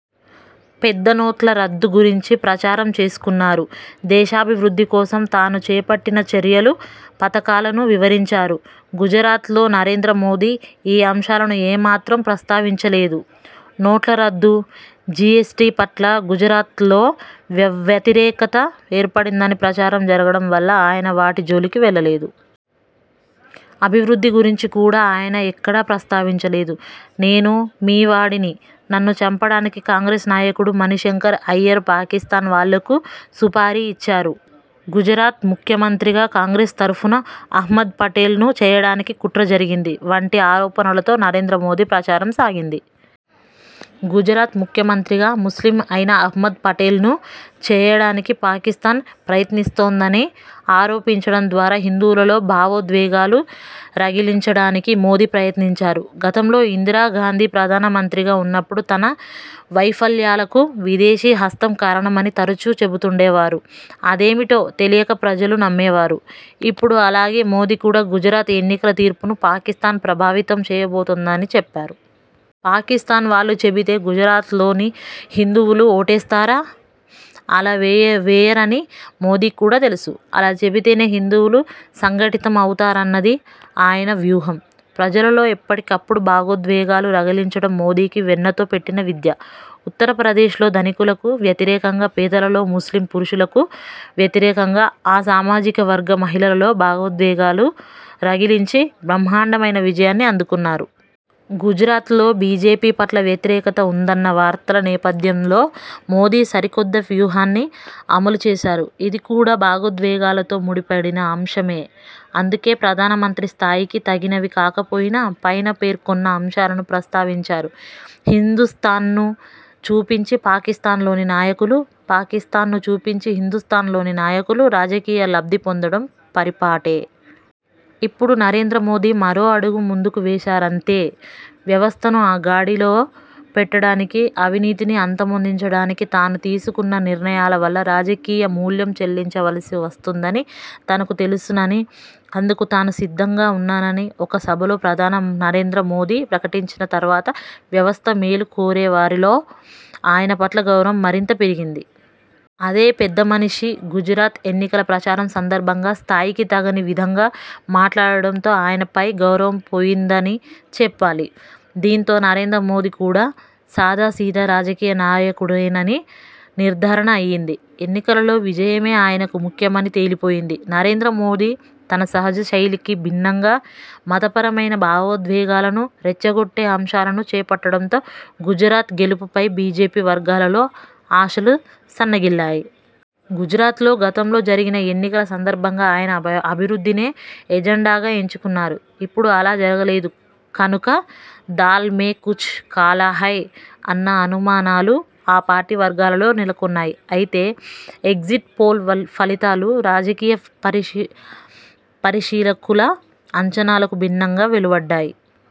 పెద్ద నోట్ల రద్దు గురించి ప్రచారం చేసుకున్నారు. దేశాభివృద్ధి కోసం తాను చేపట్టిన చర్యలు, పథకాలను వివరించారు. గుజరాత్లో నరేంద్ర మోదీ ఈ అంశాలను ఏ మాత్రం ప్రస్తావించలేదు. నోట్ల రద్దు, జీఎస్టీ పట్ల గుజరాత్లో వ్యతిరేకత ఏర్పడిందని ప్రచారం జరగడం వల్ల ఆయన వాటి జోలికి వెళ్లలేదు. అభివృద్ధి గురించి కూడా ఆయన ఎక్కడా ప్రస్తావించలేదు. 'నేను మీ వాడిని. నన్ను చంపడానికి కాంగ్రెస్ నాయకుడు మణిశంకర్ అయ్యర్ పాకిస్తాన్ వాళ్లకు సుపారీ ఇచ్చారు. గుజరాత్ ముఖ్యమంత్రిగా కాంగ్రెస్ తరఫున అహ్మద్ పటేల్ను చేయడానికి కుట్ర జరిగింది' వంటి ఆరోపణలతో నరేంద్ర మోదీ ప్రచారం సాగింది. గుజరాత్ ముఖ్యమంత్రిగా ముస్లిం అయిన అహ్మద్ పటేల్ను చేయడానికి పాకిస్తాన్ ప్రయత్నిస్తోందని ఆరోపించడం ద్వారా హిందువులలో భావోద్వేగాలు రగిలించడానికి మోదీ ప్రయత్నించారు. గతంలో ఇందిరాగాంధీ ప్రధానమంత్రిగా ఉన్నప్పుడు తన వైఫల్యాలకు విదేశీ హస్తం కారణమని తరచుగా చెబుతుండేవారు. అదేమిటో తెలియక ప్రజలు నమ్మేవారు. ఇప్పుడు అలాగే మోదీ కూడా గుజరాత్ ఎన్నికల తీర్పును పాకిస్తాన్ ప్రభావితం చేయబోతోందని చెప్పారు. పాకిస్తాన్ వాళ్లు చెబితే గుజరాత్లోని హిందువులు ఓటేస్తారా? అలా వేయరని మోదీకి కూడా తెలుసు. అలా చెబితేనే హిందువులు సంఘటితం అవుతారన్నది ఆయన వ్యూహం. ప్రజలలో ఎప్పటికప్పుడు భావోద్వేగాలు రగిలించడం మోదీకి వెన్నతో పెట్టిన విద్య. ఉత్తరప్రదేశ్లో ధనికులకు వ్యతిరేకంగా పేదలలో, ముస్లిం పురుషులకు వ్యతిరేకంగా ఆ సామాజికవర్గ మహిళలలో భావోద్వేగాలు రగిలించి బ్రహ్మాండమైన విజయాన్ని అందుకున్నారు. గుజరాత్లో బీజేపీ పట్ల వ్యతిరేకత ఉందన్న వార్తల నేపథ్యంలో మోదీ సరికొత్త వ్యూహాన్ని అమలుచేశారు. ఇది కూడా భావోద్వేగాలతో ముడిపడిన అంశమే! అందుకే ప్రధానమంత్రి స్థాయికి తగినవి కాకపోయినా పైన పేర్కొన్న అంశాలను ప్రస్తావించారు. హిందుస్తాన్ను చూపించి పాకిస్తాన్లోని నాయకులు, పాకిస్తాన్ను చూపించి హిందుస్తాన్లోని నాయకులు రాజకీయ లబ్ధి పొందడం పరిపాటే! ఇప్పుడు నరేంద్ర మోదీ మరో అడుగు ముందుకు వేశారంతే! వ్యవస్థను గాడిలో పెట్టడానికి, అవినీతిని అంతమొందించడానికి తాను తీసుకున్న నిర్ణయాల వల్ల రాజకీయ మూల్యం చెల్లించవలసి వస్తుందని తనకు తెలుసునని, అందుకు తాను సిద్ధంగా ఉన్నానని ఒక సభలో ప్రధాని నరేంద్ర మోదీ ప్రకటించిన తర్వాత వ్యవస్థ మేలు కోరేవారిలో ఆయన పట్ల గౌరవం మరింత పెరిగింది. అదే పెద్దమనిషి గుజరాత్ ఎన్నికల ప్రచారం సందర్భంగా స్థాయికి తగని విధంగా మాట్లాడటంతో ఆయనపై గౌరవం పోయిందని చెప్పాలి. దీంతో నరేంద్ర మోదీ కూడా సాదాసీదా రాజకీయ నాయకుడేనని నిర్ధారణ అయ్యింది. ఎన్నికలలో విజయమే ఆయనకు ముఖ్యమని తేలిపోయింది. నరేంద్ర మోదీ తన సహజ శైలికి భిన్నంగా మతపరమైన భావోద్వేగాలను రెచ్చగొట్టే అంశాలను చేపట్టడంతో గుజరాత్ గెలుపుపై బీజేపీ వర్గాలలో ఆశలు సన్నగిల్లాయి. గుజరాత్లో గతంలో జరిగిన ఎన్నికల సందర్భంగా ఆయన అభివృద్ధినే ఎజెండాగా ఎంచుకున్నారు. ఇప్పుడు అలా జరగలేదు కనుక 'దాల్ మే కుచ్ కాలా హై' అన్న అనుమానాలు ఆ పార్టీ వర్గాలలో నెలకొన్నాయి. అయితే ఎగ్జిట్ పోల్ ఫలితాలు రాజకీయ పరిశీలకుల అంచనాలకు భిన్నంగా వెలువడ్డాయి.